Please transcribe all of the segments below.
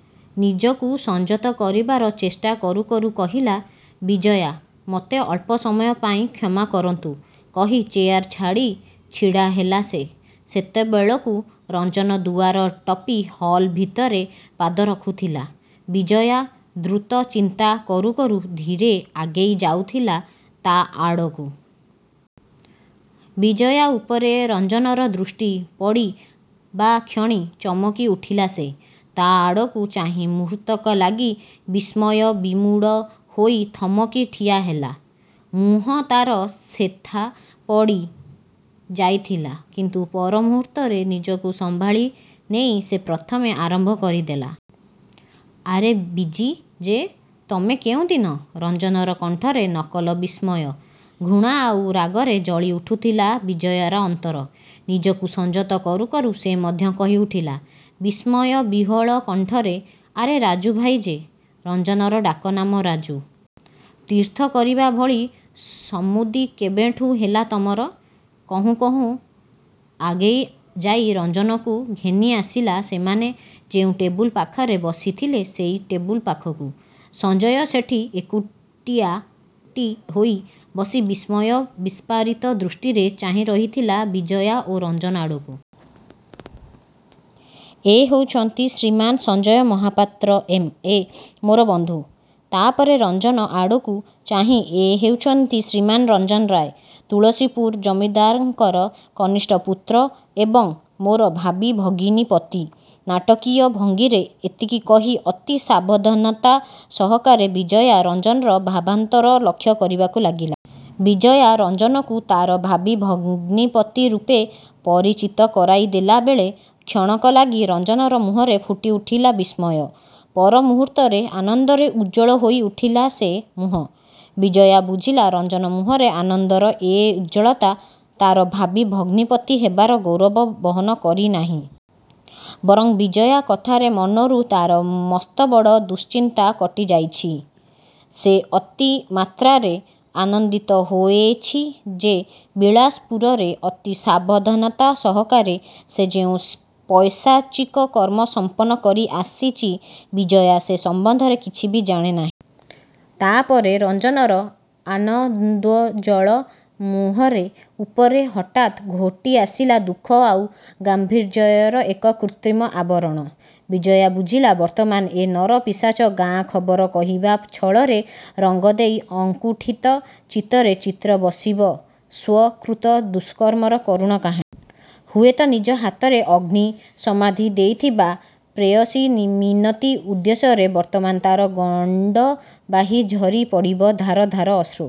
'' ନିଜକୁ ସଂଯତ କରିବାର ଚେଷ୍ଟା କରୁ କରୁ କହିଲା ବିଜୟା, "ମୋତେ ଅଳ୍ପ ସମୟ ପାଇଁ କ୍ଷମା କରନ୍ତୁ। '' କହି ଚେୟାର ଛାଡ଼ି ଛିଡ଼ା ହେଲା ସେ। ସେତେବେଳକୁ ରଞ୍ଜନ ଦୁଆର ଟପି ହଲ ଭିତରେ ପାଦ ରଖୁଥିଲା, ବିଜୟା ଦୃତ ଚିନ୍ତା କରୁ କରୁ ଧୀରେ ଆଗେଇ ଯାଉଥିଲା ତା' ଆଡ଼କୁ। ବିଜୟା ଉପରେ ରଞ୍ଜନର ଦୃଷ୍ଟି ପଡ଼ିବାକ୍ଷଣି ଚମକି ଉଠିଲା ସେ। ତା' ଆଡ଼କୁ ଚାହିଁ ମୁହୂର୍ତ୍ତକ ଲାଗି ବିସ୍ମୟ ବିମୂଢ଼ ହୋଇ ଥମକି ଠିଆ ହେଲା। ମୁହଁ ତା'ର ଶେଥା ପଡ଼ି ଯାଇଥିଲା। କିନ୍ତୁ ପରମୁହୂର୍ତ୍ତରେ ନିଜକୁ ସମ୍ଭାଳି ନେଇ ସେ ପ୍ରଥମେ ଆରମ୍ଭ କରି ଦେଲା। "ଆରେ ବିଜୀ ଯେ! ତମେ କେଉଁଦିନ? '' ରଞ୍ଜନର କଣ୍ଠରେ ନକଲ ବିସ୍ମୟ। ଘୃଣା ଆଉ ରାଗରେ ଜଳି ଉଠୁଥିଲା ବିଜୟାର ଅନ୍ତର। ନିଜକୁ ସଂଯତ କରୁ କରୁ ସେ ମଧ୍ୟ କହି ଉଠିଲା—ବିସ୍ମୟ ବିହ୍ଵଲ କଣ୍ଠରେ— "ଆରେ ରାଜୁ ଭାଇ ଯେ। '' ରଞ୍ଜନର ଡାକନାମ ରାଜୁ। "ତୀର୍ଥ କରିବା ଭଳି ସଦ୍ବୁଦ୍ଧି କେବେଠୁଁ ହେଲା ତମର? '' କହୁଁ କହୁଁ ଆଗେଇ ଯାଇ ରଞ୍ଜନକୁ ଘେନି ଆସିଲା ସେମାନେ ଯେଉଁ ଟେବୁଲ ପାଖରେ ବସିଥିଲେ ସେଇ ଟେବୁଲ ପାଖକୁ। ସଞ୍ଜୟ ସେଠି ଏକୁଟିଆଟି ହୋଇ ବସି ବିସ୍ମୟ ବିସ୍ଫାରିତ ଦୃଷ୍ଟିରେ ଚାହିଁରହିଥିଲା ବିଜୟା ଓ ରଞ୍ଜନ ଆଡ଼କୁ। "ଏ ହେଉଛନ୍ତି ଶ୍ରୀମାନ୍ ସଞ୍ଜୟ ମହାପାନ୍ତ୍ର ଏମ, ଏ ମୋର ବନ୍ଧୁ। '' ତା'ପରେ ରଞ୍ଜନ ଆଡ଼କୁ ଚାହିଁ—"ଏ ହେଉଚନ୍ତି ଶ୍ରୀମାନ୍ ରଞ୍ଜନ ରାୟ। ତୁଳସୀପୁର ଜମିଦାରଙ୍କର କନିଷ୍ଠ ପୁତ୍ର ଏବଂ ମୋର ଭାବୀ ଭଗିନୀପତି। '' ନାଟକୀୟ ଭଙ୍ଗିରେ ଏତିକି କହି ଅତି ସାବଧାନତା ସହକାରେ ବିଜୟା ରଞ୍ଜନର ଭାବାନ୍ତର ଲକ୍ଷ୍ୟ କରିବାକୁ ଲାଗିଲା। ବିଜୟା ରଞ୍ଜନକୁ ତା'ର ଭାବୀ ଭଗ୍ନୀପତି ରୂପେ ପରିଚିତ କରାଇ ଦେଲା ବେଳେ, କ୍ଷଣକ ଲାଗି ରଞ୍ଜନର ମୁହଁରେ ଫୁଟି ଉଠିଲା ବିସ୍ମୟ। ପର ମୁହୂର୍ତ୍ତରେ ଆନନ୍ଦରେ ଉଜ୍ଜ୍ୱଳ ହୋଇ ଉଠିଲା ସେ ମୁହଁ। ବିଜୟା ବୁଝିଲା ରଞ୍ଜନ ମୁହଁରେ ଆନନ୍ଦର ଏ ଉଜ୍ଜ୍ୱଳତା ତା'ର ଭାବୀ ଭଗ୍ନୀପତି ହେବାର ଗୌରବ ବହନ କରି ନାହିଁ। ବରଂ ବିଜୟା କଥାରେ ମନରୁ ତା'ର ମସ୍ତବଡ଼ ଦୁଶ୍ଚିନ୍ତା କଟି ଯାଇଛି। ସେ ଅତି ମାତ୍ରାରେ ଆନନ୍ଦିତ ହୋଏଚି ଯେ ବିଳାସପୁରରେ ଅତି ସାବଧାନତା ସହକାରେ ସେ ଯେଉଁ ପୈଶାଚିକ କର୍ମ ସମ୍ପନ୍ନ କରି ଆସିଚି ବିଜୟା ସେ ସମ୍ଵନ୍ଧରେ କିଛି ବି ଜାଣେ ନାହିଁ। ତା'ପରେ ରଞ୍ଜନର ଆନନ୍ଦୋଜ୍ଵଳ ମୁହଁ ଉପରେ ହଠାତ୍ ଘୋଟିଆସିଲା ଦୁଃଖ ଆଉ ଗାମ୍ଭୀର୍ଯ୍ୟର ଏକ କୃତ୍ରିମ ଆବରଣ। ବିଜୟା ବୁଝିଲା ବର୍ତ୍ତମାନ ଏ ନର ପିଶାଚ ଗାଁ ଖବର କହିବା ଛଳରେ ରଙ୍ଗ ଦେଇ ଅକୁଣ୍ଠିତ ଚିତ୍ତରେ ଚିତ୍ରି ବସିବ ସ୍ଵ-କୃତ ଦୁଷ୍କର୍ମର କରୁଣ କାହାଣୀ। ହୁଏତ ନିଜ ହାତରେ ଅଗ୍ନୀ—ସମାଧି ଦେଇଥିବା ପ୍ରେୟସୀ ମିନତୀ ଉଦ୍ଦେଶ୍ୟରେ ବର୍ତ୍ତମାନ ତା'ର ଗଣ୍ତବାହି ଝରି ପଡ଼ିବ ଧାର ଧାର ଅଶ୍ରୁ।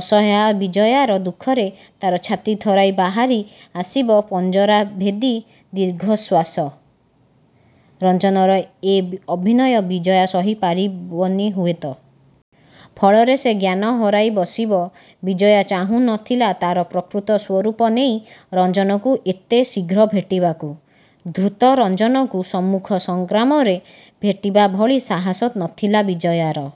ଅସହାୟା ବିଜୟାର ଦୁଃଖରେ ତା'ର ଛାତି ଥରାଇ ବାହାରି ଆସିବ ପଞ୍ଜରାଭେଦୀ ଦୀର୍ଘଶ୍ଵାସ। ରଞ୍ଜନର ଏ ଅଭିନୟ ବିଜୟା ସହି ପାରିବନି ହୁଏତ। ଫଳରେ ସେ ଜ୍ଞାନ ହରାଇ ବସିବ। ବିଜୟା ଚାହୁଁ ନ ଥିଲା ତା'ର ପ୍ରକୃତ ସ୍ଵରୂପ ନେଇ ରଞ୍ଜନକୁ ଏତେ ଶିଘ୍ର ଭେଟିବାକୁ। ଧୂର୍ତ୍ତ ରଞ୍ଜନକୁ ସମ୍ମୁଖ ସଂଗ୍ରାମରେ ଭେଟିବା ଭଳି ସାହାସ ନଥିଲା ବିଜୟାର।